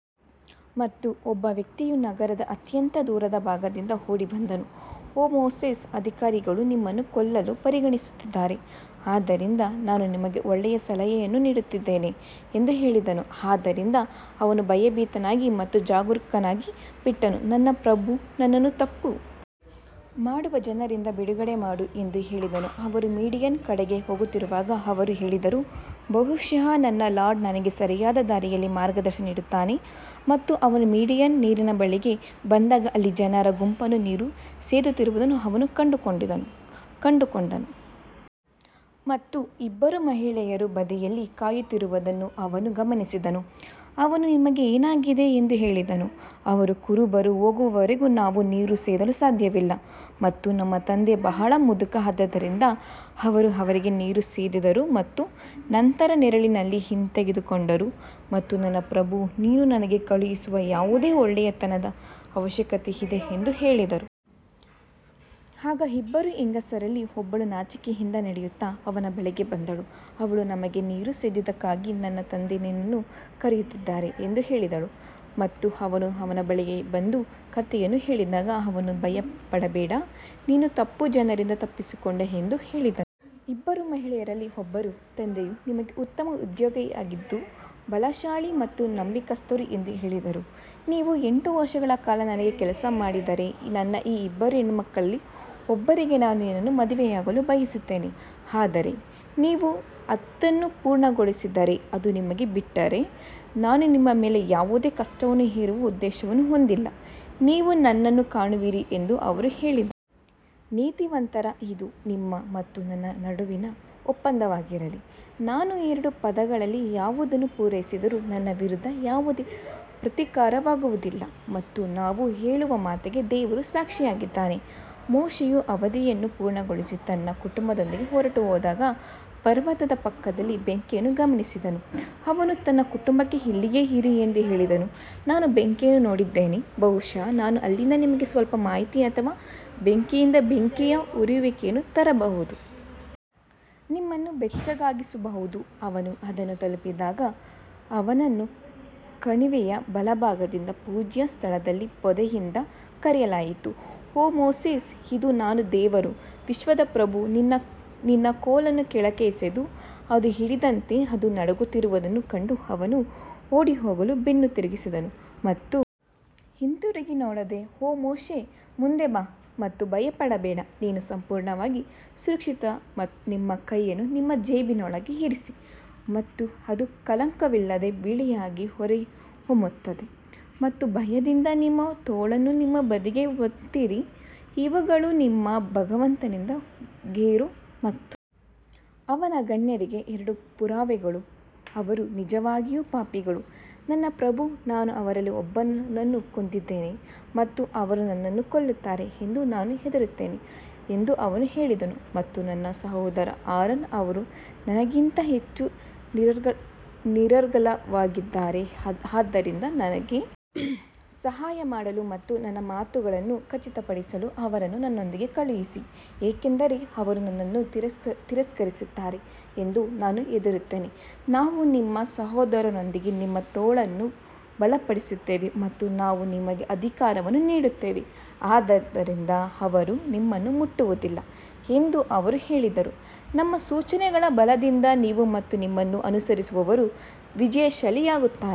ಮತ್ತು ಒಬ್ಬ ವ್ಯಕ್ತಿಯು ನಗರದ ಅತ್ಯಂತ ದೂರದ ಭಾಗದಿಂದ ಓಡಿ ಬಂದನು, ಓ ಮೋಸೆಸ್ ಅಧಿಕಾರಿಗಳು ನಿಮ್ಮನ್ನು ಕೊಲ್ಲಲು ಪರಿಗಣಿಸುತ್ತಿದ್ದಾರೆ ಆದ್ದರಿಂದ ನಾನು ನಿಮಗೆ ಒಳ್ಳೆಯ ಸಲಹೆಯನ್ನು ನೀಡುತ್ತಿದ್ದೇನೆ ಎಂದು ಹೇಳಿದನು. ಆದ್ದರಿಂದ ಅವನು ಭಯಭೀತನಾಗಿ ಮತ್ತು ಜಾಗರೂಕನಾಗಿ ಬಿಟ್ಟನು, ನನ್ನ ಪ್ರಭು ನನ್ನನ್ನು ತಪ್ಪು ಮಾಡುವ ಜನರಿಂದ ಬಿಡುಗಡೆ ಮಾಡು ಎಂದು ಹೇಳಿದನು ಅವರು ಮೀಡಿಯನ್ ಕಡೆಗೆ ಹೋಗುತ್ತಿರುವಾಗ ಅವರು ಹೇಳಿದರು ಬಹುಶಃ ನನ್ನ ಲಾರ್ಡ್ ನನಗೆ ಸರಿಯಾದ ದಾರಿಯಲ್ಲಿ ಮಾರ್ಗದರ್ಶನ ನೀಡುತ್ತಾನೆ ಮತ್ತು ಅವನು ಮೀಡಿಯನ್ ನೀರಿನ ಬಳಿಗೆ ಬಂದಾಗ ಅಲ್ಲಿ ಜನರ ಗುಂಪನ್ನು ನೀರು ಸೇದುತ್ತಿರುವುದನ್ನು ಅವನು ಕಂಡುಕೊಂಡನು ಮತ್ತು ಇಬ್ಬರು ಮಹಿಳೆಯರು ಬದಿಯಲ್ಲಿ ಕಾಯುತ್ತಿರುವುದನ್ನು ಅವನು ಗಮನಿಸಿದನು ಅವನು ನಿಮಗೆ ಏನಾಗಿದೆ ಎಂದು ಹೇಳಿದನು ಅವರು ಕುರುಬರು ಹೋಗುವವರೆಗೂ ನಾವು ನೀರು ಸೇದಲು ಸಾಧ್ಯವಿಲ್ಲ ಮತ್ತು ನಮ್ಮ ತಂದೆ ಬಹಳ ಮುದುಕ ಆದ್ದರಿಂದ ಅವರು ಅವರಿಗೆ ನೀರು ಸೇದಿದರು ಮತ್ತು ನಂತರ ನೆರಳಿನಲ್ಲಿ ಹಿಂತೆಗೆದುಕೊಂಡರು ಮತ್ತು ನನ್ನ ಪ್ರಭೂ ನೀನು ನನಗೆ ಕಳುಹಿಸುವ ಯಾವುದೇ ಒಳ್ಳೆಯತನದ ಅವಶ್ಯಕತೆಯಿದೆ ಎಂದು ಹೇಳಿದರು. ಆಗ ಇಬ್ಬರು ಹೆಂಗಸರಲ್ಲಿ ಒಬ್ಬಳು ನಾಚಿಕೆಯಿಂದ ನಡೆಯುತ್ತಾ ಅವನ ಬಳಿಗೆ ಬಂದಳು ಅವಳು ನಮಗೆ ನೀರು ಸೇದಿದ್ದಕ್ಕಾಗಿ ನನ್ನ ತಂದೆ ನಿನ್ನನ್ನು ಕರೆಯುತ್ತಿದ್ದಾರೆ ಎಂದು ಹೇಳಿದಳು ಮತ್ತು ಅವನು ಅವನ ಬಳಿಗೆ ಬಂದು ಕಥೆಯನ್ನು ಹೇಳಿದಾಗ ಅವನು ಭಯಪಡಬೇಡ ನೀನು ತಪ್ಪು ಜನರಿಂದ ತಪ್ಪಿಸಿಕೊಂಡೆ ಎಂದು ಹೇಳಿದನು. ಇಬ್ಬರು ಮಹಿಳೆಯರಲ್ಲಿ ಒಬ್ಬರು, ತಂದೆಯು ನಿಮಗೆ ಉತ್ತಮ ಉದ್ಯೋಗಿಯಾಗಿದ್ದು, ಬಲಶಾಲಿ ಮತ್ತು ನಂಬಿಗಸ್ತರು ಎಂದು ಹೇಳಿದರು ನೀವು ಎಂಟು ವರ್ಷಗಳ ಕಾಲ ನನಗೆ ಕೆಲಸ ಮಾಡಿದರೆ ನನ್ನ ಈ ಇಬ್ಬರು ಹೆಣ್ಣುಮಕ್ಕಳಲ್ಲಿ ಒಬ್ಬರಿಗೆ ನಾನು ನಿನ್ನನ್ನು ಮದುವೆಯಾಗಲು ಬಯಸುತ್ತೇನೆ ಆದರೆ ನೀವು ಹತ್ತನ್ನು ಪೂರ್ಣಗೊಳಿಸಿದರೆ ಅದು ನಿಮಗೆ ಬಿಟ್ಟರೆ ನಾನು ನಿಮ್ಮ ಮೇಲೆ ಯಾವುದೇ ಕಷ್ಟವನ್ನು ಹೇರುವ ಉದ್ದೇಶವನ್ನು ಹೊಂದಿಲ್ಲ, ನೀವು ನನ್ನನ್ನು ಕಾಣುವಿರಿ ಎಂದು ಅವರು ಹೇಳಿದರು. ನೀತಿವಂತರ ಇದು ನಿಮ್ಮ ಮತ್ತು ನನ್ನ ನಡುವಿನ ಒಪ್ಪಂದವಾಗಿರಲಿ, ನಾನು ಎರಡು ಪದಗಳಲ್ಲಿ ಯಾವುದನ್ನು ಪೂರೈಸಿದರೂ ನನ್ನ ವಿರುದ್ಧ ಯಾವುದೇ ಪ್ರತೀಕಾರವಾಗುವುದಿಲ್ಲ ಮತ್ತು ನಾವು ಹೇಳುವ ಮಾತಿಗೆ ದೇವರು ಸಾಕ್ಷಿಯಾಗಿದ್ದಾನೆ ಮೋಶೆಯು ಅವಧಿಯನ್ನು ಪೂರ್ಣಗೊಳಿಸಿ ತನ್ನ ಕುಟುಂಬದೊಂದಿಗೆ ಹೊರಟುಹೋದಾಗ ಪರ್ವತದ ಪಕ್ಕದಲ್ಲಿ ಬೆಂಕಿಯನ್ನು ಗಮನಿಸಿದನು ಅವನು ತನ್ನ ಕುಟುಂಬಕ್ಕೆ ಇಲ್ಲಿಯೇ ಇರಿ ಎಂದು ಹೇಳಿದನು ನಾನು ಬೆಂಕಿಯನ್ನು ನೋಡಿದ್ದೇನೆ ಬಹುಶಃ ನಾನು ಅಲ್ಲಿಂದ ನಿಮಗೆ ಸ್ವಲ್ಪ ಮಾಹಿತಿ ಅಥವಾ ಬೆಂಕಿಯಿಂದ ಬೆಂಕಿಯ ಉರಿಯುವಿಕೆಯನ್ನು ತರಬಹುದು. ನಿಮ್ಮನ್ನು ಬೆಚ್ಚಗಾಗಿಸಬಹುದು ಅವನು ಅದನ್ನು ತಲುಪಿದಾಗ ಅವನನ್ನು ಕಣಿವೆಯ ಬಲಭಾಗದಿಂದ ಪೂಜ್ಯ ಸ್ಥಳದಲ್ಲಿ ಪೊದೆಯಿಂದ ಕರೆಯಲಾಯಿತು ಓ ಮೋಸೆಸ್ ಇದು ನಾನು ದೇವರು ವಿಶ್ವದ ಪ್ರಭು ನಿನ್ನ ಕೋಲನ್ನು ಕೆಳಕ್ಕೆ ಎಸೆದು, ಅದು ಹಿಡಿದಂತೆ ಅದು ನಡುಗುತ್ತಿರುವುದನ್ನು ಕಂಡ ಅವನು ಓಡಿಹೋಗಲು ಬೆನ್ನು ತಿರುಗಿಸಿದನು ಮತ್ತು ಹಿಂತಿರುಗಿ ನೋಡದೆ ಓ ಮೋಶೆ ಮುಂದೆ ಬಾ ಮತ್ತು ಭಯಪಡಬೇಡ ನೀನು ಸಂಪೂರ್ಣವಾಗಿ ಸುರಕ್ಷಿತ ನಿಮ್ಮ ಕೈಯನ್ನು ನಿಮ್ಮ ಜೇಬಿನೊಳಗೆ ಇರಿಸಿ ಮತ್ತು ಅದು ಕಳಂಕವಿಲ್ಲದೆ ಬಿಳಿಯಾಗಿ ಹೊರಹೊಮ್ಮುತ್ತದೆ ಮತ್ತು ಭಯದಿಂದ ನಿಮ್ಮ ತೋಳನ್ನು ನಿಮ್ಮ ಬದಿಗೆ ಒತ್ತಿರಿ ಇವುಗಳು ನಿಮ್ಮ ಭಗವಂತನಿಂದ ಫೇರೋ ಮತ್ತು ಅವನ ಗಣ್ಯರಿಗೆ ಎರಡು ಪುರಾವೆಗಳು ಅವರು ನಿಜವಾಗಿಯೂ ಪಾಪಿಗಳು ನನ್ನ ಪ್ರಭು ನಾನು ಅವರಲ್ಲಿ ಒಬ್ಬನನ್ನು ಕೊಂದಿದ್ದೇನೆ ಮತ್ತು ಅವರು ನನ್ನನ್ನು ಕೊಲ್ಲುತ್ತಾರೆ ಎಂದು ನಾನು ಹೆದರುತ್ತೇನೆ ಎಂದು ಅವನು ಹೇಳಿದನು ಮತ್ತು ನನ್ನ ಸಹೋದರ ಆರನ್ ಅವರು ನನಗಿಂತ ಹೆಚ್ಚು ನಿರರ್ಗಳವಾಗಿದ್ದಾರೆ ಆದ್ದರಿಂದ ನನಗೆ ಸಹಾಯ ಮಾಡಲು ಮತ್ತು ನನ್ನ ಮಾತುಗಳನ್ನು ಖಚಿತಪಡಿಸಲು ಅವರನ್ನು ನನ್ನೊಂದಿಗೆ ಕಳುಹಿಸಿ ಏಕೆಂದರೆ ಅವರು ನನ್ನನ್ನು ತಿರಸ್ಕರಿಸುತ್ತಾರೆ ಎಂದು ನಾನು ಹೆದರುತ್ತೇನೆ ನಾವು ನಿಮ್ಮ ಸಹೋದರನೊಂದಿಗೆ ನಿಮ್ಮ ತೋಳನ್ನು ಬಲಪಡಿಸುತ್ತೇವೆ ಮತ್ತು ನಾವು ನಿಮಗೆ ಅಧಿಕಾರವನ್ನು ನೀಡುತ್ತೇವೆ ಆದ್ದರಿಂದ ಅವರು ನಿಮ್ಮನ್ನು ಮುಟ್ಟುವುದಿಲ್ಲ ಎಂದು ಅವರು ಹೇಳಿದರು, ನಮ್ಮ ಸೂಚನೆಗಳ ಬಲದಿಂದ ನೀವು ಮತ್ತು ನಿಮ್ಮನ್ನು ಅನುಸರಿಸುವವರು ವಿಜಯಶಾಲಿಯಾಗುತ್ತಾರೆ.